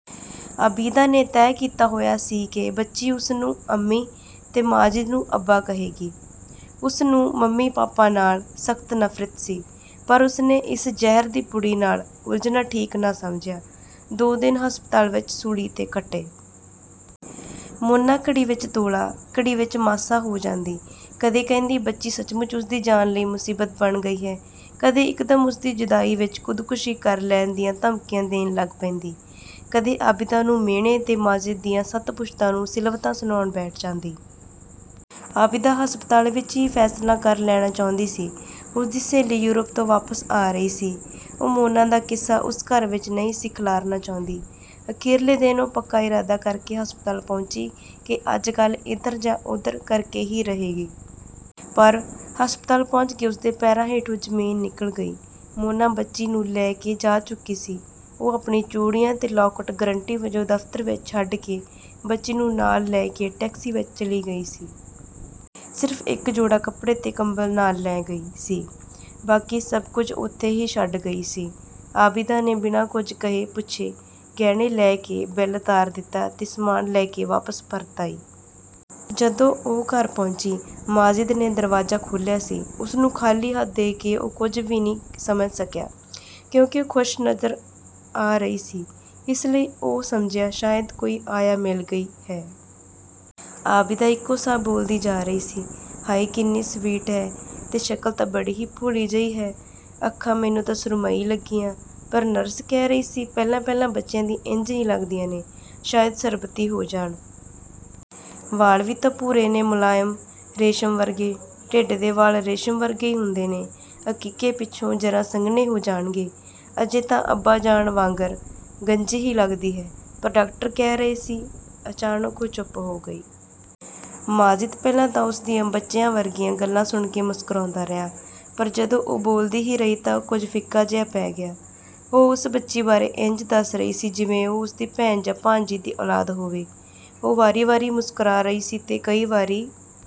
ਆਬਿਦਾ ਨੇ ਤੈਅ ਕੀਤਾ ਹੋਇਆ ਸੀ ਕਿ ਬੱਚੀ ਉਸਨੂੰ ਅੰਮੀ, ਤੇ ਮਾਜਿਦ ਨੂੰ ਅੱਬਾ ਕਹੇਗੀ। ਉਸਨੂੰ ਮੰਮੀ-ਪਾਪਾ ਨਾਲ ਸਖ਼ਤ ਨਫ਼ਰਤ ਸੀ। ਪਰ ਉਸਨੇ ਇਸ ਜ਼ਹਿਰ ਦੀ ਪੁੜੀ ਨਾਲ ਉਲਝਣਾ ਠੀਕ ਨਾ ਸਮਝਿਆ। ਦੋ ਦਿਨ ਹਸਪਤਾਲ ਵਿੱਚ ਸੂਲੀ 'ਤੇ ਕੱਟੇ। ਮੋਨਾ ਘੜੀ ਵਿੱਚ ਤੋਲਾ, ਘੜੀ ਵਿੱਚ ਮਾਸਾ ਹੋ ਜਾਂਦੀ। ਕਦੇ ਕਹਿੰਦੀ ਬੱਚੀ ਸੱਚਮੁੱਚ ਉਸਦੀ ਜਾਨ ਲਈ ਮੁਸੀਬਤ ਬਣ ਗਈ ਹੈ, ਕਦੇ ਇੱਕਦਮ ਉਸਦੀ ਜੁਦਾਈ ਵਿੱਚ ਖ਼ੁਦਕਸ਼ੀ ਕਰ ਲੈਣ ਦੀਆਂ ਧਮਕੀਆਂ ਦੇਣ ਲੱਗ ਪੈਂਦੀ, ਕਦੇ ਆਬਿਦਾ ਨੂੰ ਮਿਹਣੇ ਤੇ ਮਾਜਿਦ ਦੀਆਂ ਸੱਤ ਪੁਸ਼ਤਾਂ ਨੂੰ ਸਿਲਵਤਾਂ ਸੁਣਾਉਣ ਬੈਠ ਜਾਂਦੀ। ਆਬਿਦਾ ਹਸਪਤਾਲ ਵਿੱਚ ਹੀ ਫ਼ੈਸਲਾ ਕਰ ਲੈਣਾ ਚਾਹੁੰਦੀ ਸੀ। ਉਸਦੀ ਸਹੇਲੀ ਯੂਰਪ ਤੋਂ ਵਾਪਸ ਆ ਰਹੀ ਸੀ, ਉਹ ਮੋਨਾ ਦਾ ਕਿੱਸਾ ਉਸ ਘਰ ਵਿੱਚ ਨਹੀਂ ਸੀ ਖਿਲਾਰਨਾ ਚਾਹੁੰਦੀ। ਅਖੀਰਲੇ ਦਿਨ ਉਹ ਪੱਕਾ ਇਰਾਦਾ ਕਰਕੇ ਹਸਪਤਾਲ ਪਹੁੰਚੀ ਕਿ ਅੱਜ ਗੱਲ ਇਧਰ ਜਾਂ ਉਧਰ ਕਰਕੇ ਹੀ ਰਹੇਗੀ। ਪਰ, ਹਸਪਤਾਲ ਪਹੁੰਚ ਕੇ ਉਸਦੇ ਪੈਰਾਂ ਹੇਠੋਂ ਜ਼ਮੀਨ ਨਿਕਲ ਗਈ। ਮੋਨਾ ਬੱਚੀ ਨੂੰ ਲੈ ਕੇ ਜਾ ਚੁੱਕੀ ਸੀ। ਉਹ ਆਪਣੀਆਂ ਚੂੜੀਆਂ ਤੇ ਲਾਕਟ ਗਰੰਟੀ ਵਜੋਂ ਦਫ਼ਤਰ ਵਿੱਚ ਛੱਡ ਕੇ ਬੱਚੀ ਨੂੰ ਨਾਲ ਲੈ ਕੇ ਟੈਕਸੀ ਵਿੱਚ ਚਲੀ ਗਈ ਸੀ। ਸਿਰਫ ਇੱਕ ਜੋੜਾ ਕੱਪੜੇ ਤੇ ਕੰਬਲ ਨਾਲ ਲੈ ਗਈ ਸੀ, ਬਾਕੀ ਸਭ ਕੁਝ ਉੱਥੇ ਹੀ ਛੱਡ ਗਈ ਸੀ। ਆਬਿਦਾ ਨੇ ਬਿਨਾਂ ਕੁਝ ਕਹੇ-ਪੁੱਛੇ ਗਹਿਣੇ ਲੈ ਕੇ ਬਿੱਲ ਤਾਰ ਦਿੱਤਾ ਤੇ ਸਾਮਾਨ ਲੈ-ਕੇ ਵਾਪਸ ਪਰਤ ਆਈ। ਜਦੋਂ ਉਹ ਘਰ ਪਹੁੰਚੀ, ਮਾਜਿਦ ਨੇ ਦਰਵਾਜ਼ਾ ਖੋਲ੍ਹਿਆ ਸੀ। ਉਸਨੂੰ ਖ਼ਾਲੀ ਹੱਥ ਦੇਖ ਕੇ ਉਹ ਕੁਝ ਵੀ ਨਹੀਂ ਸੀ ਸਮਝ ਸਕਿਆ। ਕਿਉਂਕਿ ਉਹ ਖੁਸ਼ ਨਜ਼ਰ ਆ ਰਹੀ ਸੀ, ਇਸ ਲਈ ਉਹ ਸਮਝਿਆ ਸ਼ਾਇਦ ਕੋਈ ਆਇਆ ਮਿਲ ਗਈ ਹੈ। ਆਬਿਦਾ ਇੱਕੋ ਸਾਹ ਬੋਲਦੀ ਜਾ ਰਹੀ ਸੀ। ਹਾਏ ਕਿੰਨੀ ਸਵੀਟ ਹੈ-- ਤੇ ਸ਼ਕਲ ਤਾਂ ਬੜੀ ਹੀ ਭੋਲੀ ਜਿਹੀ ਹੈ! ਅੱਖਾਂ ਮੈਨੂੰ ਤਾਂ ਸੁਰਮਈ ਲੱਗੀਆਂ, ਪਰ ਨਰਸ ਕਹਿ ਰਹੀ ਸੀ, ਪਹਿਲਾਂ-ਪਹਿਲਾਂ ਬੱਚਿਆਂ ਦੀਆਂ ਇੰਜ ਹੀ ਲੱਗਦੀਆਂ ਨੇ ਸ਼ਾਇਦ ਸ਼ਰਬਤੀ ਹੋ ਜਾਣ! ਵਾਲ ਵੀ ਤਾਂ ਭੂਰੇ ਨੇ ਮੁਲਾਇਮ; ਰੇਸ਼ਮ ਵਰਗੇ, ਢਿੱਡ ਦੇ ਵਾਲ ਰੇਸ਼ਮ ਵਰਗੇ ਹੀ ਹੁੰਦੇ ਨੇ। ਅਕੀਕੇ ਪਿੱਛੋਂ ਜ਼ਰਾ ਸੰਘਣੇ ਹੋ ਜਾਣਗੇ। ਅਜੇ ਤਾਂ ਅੱਬਾ ਜਾਨ ਵਾਂਗਰ ਗੰਜੀ ਹੀ ਲੱਗਦੀ ਹੈ। ਪਰ ਡਾਕਟਰ ਕਹਿ ਰਹੀ ਸੀ" ਅਚਾਨਕ ਉਹ ਚੁੱਪ ਹੋ ਗਈ। ਮਾਜਿਦ ਪਹਿਲਾਂ ਤਾਂ ਉਸ ਦੀਆਂ ਬੱਚਿਆਂ ਵਰਗੀਆਂ ਗੱਲਾਂ ਸੁਣ ਕੇ ਮੁਸਕਰਾਉਂਦਾ ਰਿਹਾ, ਪਰ ਜਦੋਂ ਉਹ ਬੋਲਦੀ ਹੀ ਰਹੀ ਤਾਂ ਕੁਝ ਫਿੱਕਾ ਜਿਹਾ ਪੈ ਗਿਆ। ਉਹ ਉਸ ਬੱਚੀ ਬਾਰੇ ਇੰਜ ਦੱਸ ਰਹੀ ਸੀ ਜਿਵੇਂ ਉਹ ਉਸਦੀ ਭੈਣ ਜਾਂ ਭਾਂਜੀ ਦੀ ਔਲਾਦ ਹੋਵੇ। ਉਹ ਵਾਰੀ-ਵਾਰੀ ਮੁਸਕਰਾ ਰਹੀ ਸੀ ਤੇ ਕਈ ਵਾਰੀ